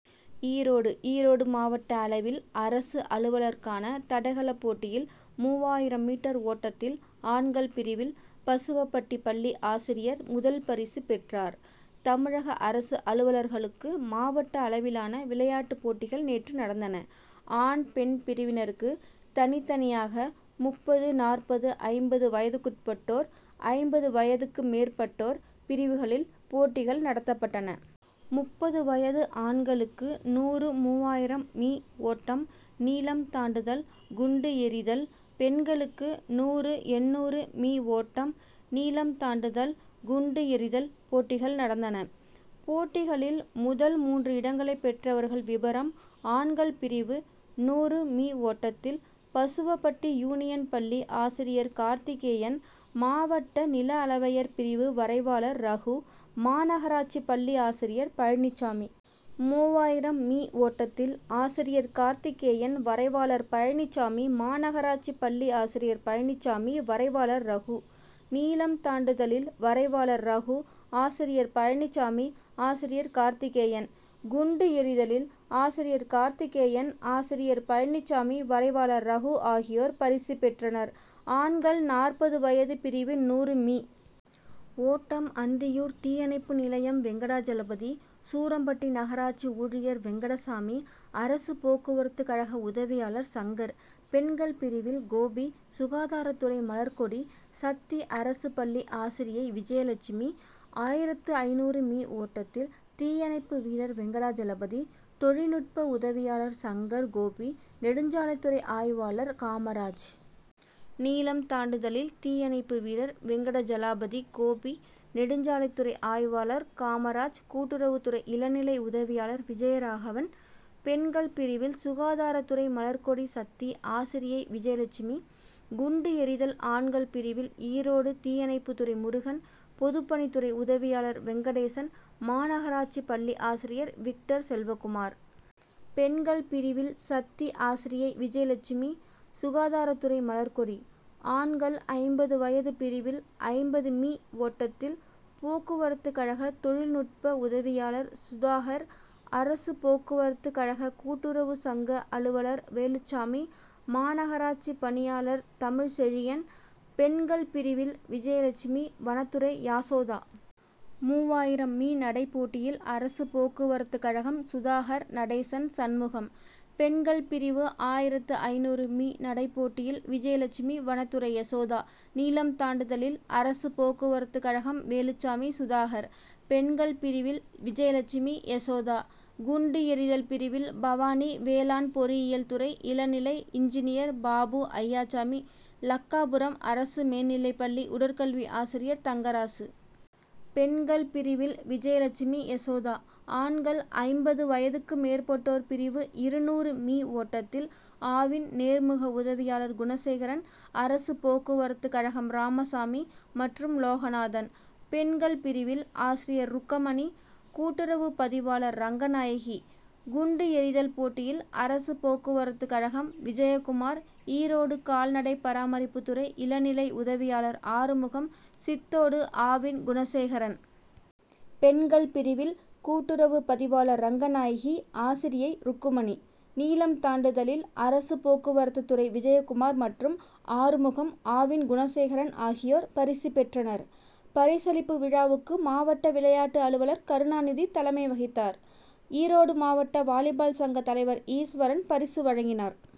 ஈரோடு ஈரோடு மாவட்ட அளவில் அரசு அலுவலர்க்கான தடகள போட்டியில் மூவாயிரம் மீட்டர் ஓட்டத்தில் ஆண்கள் பிரிவில் பசுவப்பட்டி பள்ளி ஆசிரியர் முதல் பரிசு பெற்றார். தமிழக அரசு அலுவலர்களுக்கு மாவட்ட அளவிலான விளையாட்டு போட்டிகள் நேற்று நடந்தன. ஆண் பெண் பிரிவினருக்கு தனித்தனியாக முப்பது நாற்பது ஐம்பது வயதுக்குட்பட்டோர் ஐம்பது வயதுக்கு மேற்பட்டோர் பிரிவுகளில் போட்டிகள் நடத்தப்பட்டன. முப்பது வயது ஆண்களுக்கு நூறு மூவாயிரம் மீ. ஓட்டம் நீளம் தாண்டுதல் குண்டு எறிதல் பெண்களுக்கு நூறு எண்ணூறு மீ. ஓட்டம் நீளம் தாண்டுதல் குண்டு எறிதல் போட்டிகள் நடந்தன. போட்டிகளில் முதல் மூன்று இடங்களை பெற்றவர்கள் விபரம் ஆண்கள் பிரிவு நூறு மீ. ஓட்டத்தில் பசுவபட்டி யூனியன் பள்ளி ஆசிரியர் கார்த்திகேயன் மாவட்ட நிலஅளவையர் பிரிவு வரைவாளர் ரகு மாநகராட்சி பள்ளி ஆசிரியர் பழனிச்சாமி. மூவாயிரம் மீ. ஓட்டத்தில் ஆசிரியர் கார்த்திகேயன் வரைவாளர் பழனிச்சாமி மாநகராட்சி பள்ளி ஆசிரியர் பழனிச்சாமி வரைவாளர் ரகு. நீளம் தாண்டுதலில் வரைவாளர் ரகு ஆசிரியர் பழனிச்சாமி ஆசிரியர் கார்த்திகேயன். குண்டு எறிதலில் ஆசிரியர் கார்த்திகேயன் ஆசிரியர் பழனிச்சாமி வரைவாளர் ரகு ஆகியோர் பரிசு பெற்றனர். ஆண்கள் நாற்பது வயது பிரிவு நூறு மீ. ஓட்டம் அந்தியூர் தீயணைப்பு நிலையம் வெங்கடாஜலபதி சூரம்பட்டி நகராட்சி ஊழியர் வெங்கடசாமி அரசு போக்குவரத்து கழக உதவியாளர் சங்கர். பெண்கள் பிரிவில் கோபி சுகாதாரத்துறை மலர்கொடி சத்தி அரசு பள்ளி ஆசிரியை விஜயலட்சுமி. ஆயிரத்து ஐந்நூறு மீ. ஓட்டத்தில் தீயணைப்பு வீரர் வெங்கடாஜலபதி தொழிநுட்ப உதவியாளர் சங்கர் கோபி நெடுஞ்சாலைத்துறை ஆய்வாளர் காமராஜ். நீளம் தாண்டுதலில் தீயணைப்பு வீரர் வெங்கடஜலாபதி கோபி நெடுஞ்சாலைத்துறை ஆய்வாளர் காமராஜ் கூட்டுறவு துறை இளநிலை உதவியாளர் விஜயராகவன். பெண்கள் பிரிவில் சுகாதாரத்துறை மலர்கொடி சத்தி ஆசிரியை விஜயலட்சுமி. குண்டு எறிதல் ஆண்கள் பிரிவில் ஈரோடு தீயணைப்பு துறை முருகன் பொதுப்பணித்துறை உதவியாளர் வெங்கடேசன் மாநகராட்சி பள்ளி ஆசிரியர் விக்டர் செல்வகுமார். பெண்கள் பிரிவில் சத்தி ஆசிரியை விஜயலட்சுமி சுகாதாரத்துறை மலர்கொடி. ஆண்கள் ஐம்பது வயது பிரிவில் ஐம்பது மீ. ஓட்டத்தில் போக்குவரத்து கழக தொழில்நுட்ப உதவியாளர் சுதாகர் அரசு போக்குவரத்து கழக கூட்டுறவு சங்க அலுவலர் வேலுச்சாமி மாநகராட்சி பணியாளர் தமிழ் செழியன். பெண்கள் பிரிவில் விஜயலட்சுமி வனத்துறை யாசோதா. மூவாயிரம் மீ. நடை போட்டியில் அரசு போக்குவரத்து கழகம் சுதாகர் நடேசன் சண்முகம். பெண்கள் பிரிவு ஆயிரத்து ஐந்நூறு மீ. நடைப்போட்டியில் விஜயலட்சுமி வனத்துறை யசோதா நீளம் தாண்டுதலில் அரசு போக்குவரத்துக்கழகம் வேலுச்சாமி சுதாகர். பெண்கள் பிரிவில் விஜயலட்சுமி யசோதா. குண்டு எறிதல் பிரிவில் பவானி வேளாண் பொறியியல் துறை இளநிலை இன்ஜினியர் பாபு அய்யாச்சாமி லக்காபுரம் அரசு மேல்நிலைப்பள்ளி உடற்கல்வி ஆசிரியர் தங்கராசு. பெண்கள் பிரிவில் விஜயலட்சுமி யசோதா. ஆண்கள் ஐம்பது வயதுக்கு மேற்பட்டோர் பிரிவு இருநூறு மீ. ஓட்டத்தில் ஆவின் நேர்முக உதவியாளர் குணசேகரன் அரசு போக்குவரத்து கழகம் ராமசாமி மற்றும் லோகநாதன். பெண்கள் பிரிவில் ஆசிரியர் ருக்கமணி கூட்டுறவு பதிவாளர் ரங்கநாயகி. குண்டு எறிதல் போட்டியில் அரசு போக்குவரத்து கழகம் விஜயகுமார் ஈரோடு கால்நடை பராமரிப்பு துறை இளநிலை உதவியாளர் ஆறுமுகம் சித்தோடு ஆவின் குணசேகரன். பெண்கள் பிரிவில் கூட்டுறவு பதிவாளர் ரங்கநாயகி ஆசிரியை ருக்குமணி. நீளம் தாண்டுதலில் அரசு போக்குவரத்து துறை விஜயகுமார் மற்றும் ஆறுமுகம் ஆவின் குணசேகரன் ஆகியோர் பரிசு பெற்றனர். பரிசளிப்பு விழாவுக்கு மாவட்ட விளையாட்டு அலுவலர் கருணாநிதி தலைமை வகித்தார். ஈரோடு மாவட்ட வாலிபால் சங்க தலைவர் ஈஸ்வரன் பரிசு வழங்கினார்